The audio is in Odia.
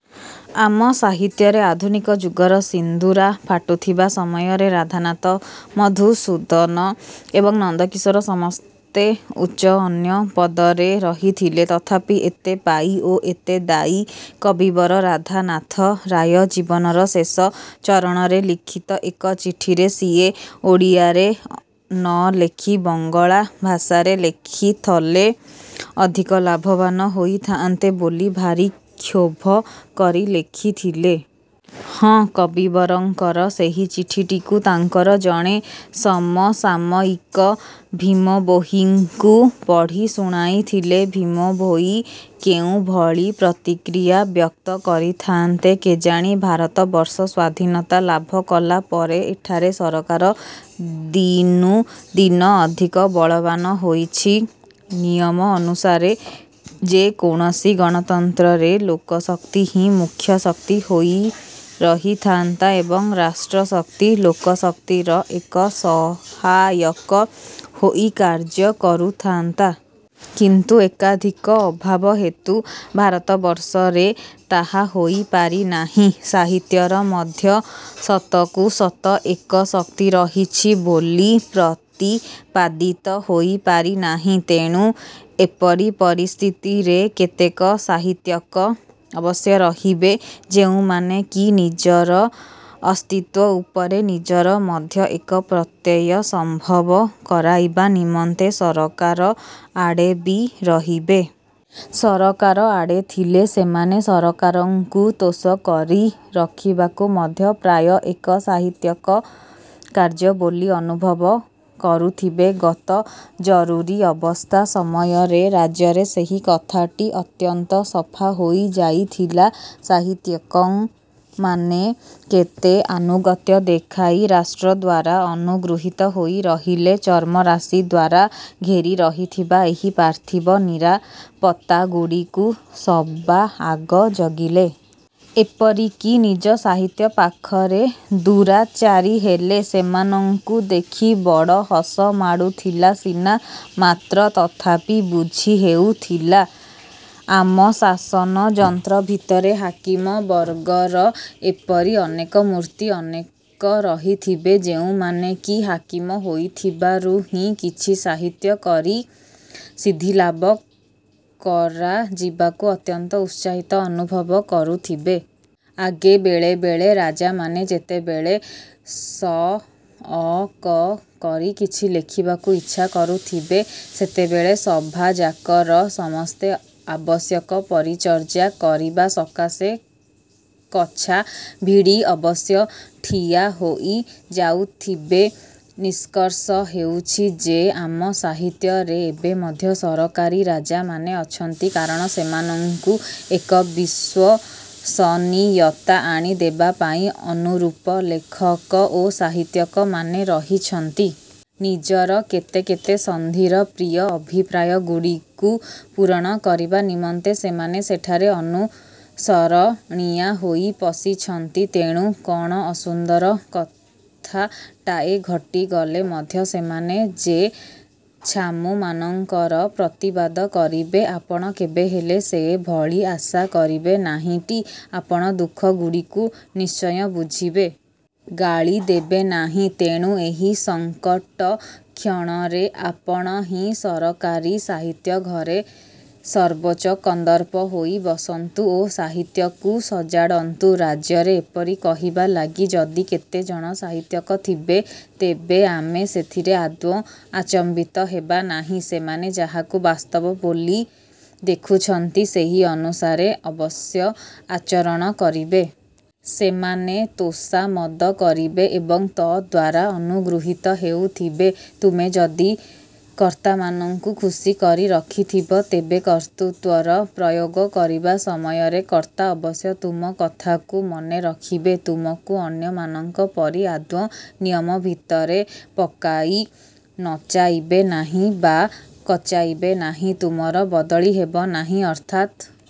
ଆମ ସାହିତ୍ୟରେ ଆଧୁନିକ ଯୁଗର ସିନ୍ଦୂରା ଫାଟୁଥିବା ସମୟରେ ରାଧାନାଥ, ମଧୁସୂଦନ ଏବଂ ନନ୍ଦକିଶୋର ସମସ୍ତେ ଉଚ୍ଚ ଅନ୍ୟ ପଦରେ ରହିଥିଲେ। ତଥାପି, ଏତେ ପାଇ ଓ ଏତେ ଦାଇ କବିବର ରାଧାନାଥ ରାୟ ଜୀବନର ଶେଷ ଚରଣରେ ଲିଖିତ ଏକ ଚିଠିରେ ସିଏ ଓଡ଼ିଆରେ ନଲେଖି ବଙ୍ଗଳା ଭାଷାରେ ଲେଖିଥଲେ ଅଧିକ ଲାଭବାନ ହୋଇଥାଆନ୍ତେ ବୋଲି ଭାରି କ୍ଷୋଭ କରି ଲେଖିଥିଲେ। ହଁ, କବିବରଙ୍କର ସେହି ଚିଠିଟିକୁ ତାଙ୍କର ଜଣେ ସମସାମୟିକ ଭୀମଭୋଇଙ୍କୁ ପଢ଼ି ଶୁଣାଇଥିଲେ ଭୀମଭୋଇ କେଉଁଭଳି ପ୍ରତିକ୍ରିୟା ବ୍ୟକ୍ତ କରିଥାନ୍ତେ କେଜାଣି? ଭାରତବର୍ଷ ସ୍ଵାଧୀନତା ଲାଭ କଲାପରେ ଏଠାରେ ସରକାର ଦିନୁଦିନ ଅଧିକ ବଳବାନ୍ ହୋଇଛି। ନିୟମ ଅନୁସାରେ ଯେକୌଣସି ଗଣତନ୍ତ୍ରରେ ଲୋକଶକ୍ତି ହିଁ ମୁଖ୍ୟ ଶକ୍ତି ହୋଇ ରହିଥାନ୍ତା ଏବଂ ରାଷ୍ଟ୍ରଶକ୍ତି ଲୋକଶକ୍ତିର ଏକ ସହାୟକ ହୋଇ କାର୍ଯ୍ୟ କରୁଥାନ୍ତା। କିନ୍ତୁ ଏକାଧିକ ଅଭାବ ହେତୁ ଭାରତବର୍ଷରେ ତାହା ହୋଇପାରି ନାହିଁ। ସାହିତ୍ୟର ମଧ୍ୟ ସତକୁ ସତ ଏକ ଶକ୍ତି ରହିଛି ବୋଲି ପ୍ରତିପାଦିତ ହୋଇପାରି ନାହିଁ। ତେଣୁ, ଏପରି ପରିସ୍ଥିତିରେ କେତେକ ସାହିତ୍ୟିକ ଅବଶ୍ୟ ରହିବେ, ଯେଉଁମାନେ କି ନିଜର ଅସ୍ତିତ୍ୱ ଉପରେ ନିଜର ମଧ୍ୟ ଏକ ପ୍ରତ୍ୟୟ ସମ୍ଭବ କରାଇବା ନିମନ୍ତେ ସରକାର ଆଡ଼େ ବି ରହିବେ। ସରକାର ଆଡ଼େ ଥିଲେ ସେମାନେ ସରକାରଙ୍କୁ ତୋଷ କରି ରଖିବାକୁ ମଧ୍ୟ ପ୍ରାୟ ଏକ ସାହିତ୍ୟିକ କାର୍ଯ୍ୟ ବୋଲି ଅନୁଭବ କରୁଥିବେ। ଗତ ଜରୁରୀ ଅବସ୍ଥା ସମୟରେ ରାଜ୍ୟରେ ସେହି କଥାଟି ଅତ୍ୟନ୍ତ ସଫାହୋଇ ଯାଇଥିଲା। ସାହିତ୍ୟିକମାନେ କେତେ ଆନୁଗତ୍ୟ ଦେଖାଇ ରାଷ୍ଟ୍ର ଦ୍ଵାରା ଅନୁଗୃହୀତ ହୋଇ ରହିଲେ, ଚର୍ମରାଶି ଦ୍ୱାରା ଘେରି ରହିଥିବା ଏହି ପାର୍ଥିବ ନିରାପତ୍ତାଗୁଡ଼ିକୁ ସବା ଆଗ ଜଗିଲେ। ଏପରିକି ନିଜ ସାହିତ୍ୟ ପାଖରେ ଦୁରାଚାରୀ ହେଲେ। ସେମାନଙ୍କୁ ଦେଖି ବଡ଼ ହସ ମାଡୁଥିଲା ସିନା, ମାତ୍ର ତଥାପି ବୁଝି ହେଉଥିଲା। ଆମ ଶାସନଯନ୍ତ୍ର ଭିତରେ ହାକିମ ବର୍ଗର ଏପରି ଅନେକ ମୂର୍ତ୍ତି ଅନେକ ରହିଥିବେ, ଯେଉଁମାନେ କି ହାକିମ ହୋଇଥିବାରୁ ହିଁ କିଛି ସାହିତ୍ୟ କରି ସିଦ୍ଧିଲାଭ କରାଯିବାକୁ ଅତ୍ୟନ୍ତ ଉତ୍ସାହିତ ଅନୁଭବ କରୁଥିବେ। ଆଗେ ବେଳେବେଳେ ରାଜାମାନେ ଯେତେବେଳେ ସଅକ କରି କିଛି ଲେଖିବାକୁ ଇଚ୍ଛା କରୁଥିବେ, ସେତେବେଳେ ସଭାଯାକର ସମସ୍ତେ ଆବଶ୍ୟକ ପରିଚର୍ଯ୍ୟା କରିବା ସକାଶେ କଛା ଭିଡ଼ି ଅବଶ୍ୟ ଠିଆ ହୋଇ ଯାଉଥବେ। ନିଷ୍କର୍ଷ ହେଉଛି ଯେ, ଆମ ସାହିତ୍ୟରେ ଏବେ ମଧ୍ୟ ସରକାରୀ ରାଜାମାନେ ଅଛନ୍ତି, କାରଣ ସେମାନଙ୍କୁ ଏକ ବିଶ୍ୱସନୀୟତା ଆଣି ଦେବାପାଇଁ ଅନୁରୂପ ଲେଖକ ଓ ସାହିତ୍ୟିକମାନେ ରହିଛନ୍ତି-। ନିଜର କେତେ କେତେ ସନ୍ଧିର ପ୍ରିୟ ଅଭିପ୍ରାୟଗୁଡ଼ିକୁ ପୂରଣ କରିବା ନିମନ୍ତେ ସେମାନେ ସେଠାରେ ଅନୁସରଣିଆ ହୋଇ ପଶିଛନ୍ତି। ତେଣୁ, କ'ଣ ଅସୁନ୍ଦର କଥାଟାଏ ଘଟିଗଲେ ମଧ୍ୟ ସେମାନେ ଯେ ଛାମୁମାନଙ୍କର ପ୍ରତିବାଦ କରିବେ, ଆପଣ କେବେହେଲେ ସେଭଳି ଆଶା କରିବେ ନାହିଁଟି। ଆପଣ ଦୁଃଖଗୁଡ଼ିକୁ ନିଶ୍ଚୟ ବୁଝିବେ। ଗାଳି ଦେବେନାହିଁ। ତେଣୁ, ଏହି ସଂକଟକ୍ଷଣରେ ଆପଣ ହିଁ ସରକାରୀ ସାହିତ୍ୟ ଘରେ ସର୍ବୋଚ୍ଚ କନ୍ଦର୍ପ ହୋଇ ବସନ୍ତୁ ଓ ସାହିତ୍ୟକୁ ସଜାଡ଼ନ୍ତୁ, ରାଜ୍ୟରେ ଏପରି କହିବା ଲାଗି ଯଦି କେତେଜଣ ସାହିତ୍ୟିକ ଥିବେ, ତେବେ ଆମେ ସେଥିରେ ଆଦୌ ଆଚମ୍ବିତ ହେବାନାହିଁ। ସେମାନେ ଯାହାକୁ ବାସ୍ତବ ବୋଲି ଦେଖୁଛନ୍ତି, ସେହି ଅନୁସାରେ ଅବଶ୍ୟ ଆଚରଣ କରିବେ। ସେମାନେ ତୋଷାମଦ କରିବେ ଏବଂ ତଦ୍ଦ୍ୱାରା ଅନୁଗୃହୀତ ହେଉଥିବେ। ତୁମେ ଯଦି କର୍ତ୍ତାମାନଙ୍କୁ ଖୁସି କରି ରଖିଥିବ, ତେବେ କର୍ତ୍ତୃତ୍ୱର ପ୍ରୟୋଗ କରିବା ସମୟରେ କର୍ତ୍ତା ଅବଶ୍ୟ ତୁମ କଥାକୁ ମନେରଖିବେ, ତୁମକୁ ଅନ୍ୟମାନଙ୍କ ପରି ଆଦୌ ନିୟମ ଭିତରେ ପକାଇ ନଚାଇବେ ନାହିଁ ବା କଚାଇବେ ନାହିଁ। ତୁମର ବଦଳି ହେବନାହିଁ,- ଅର୍ଥାତ୍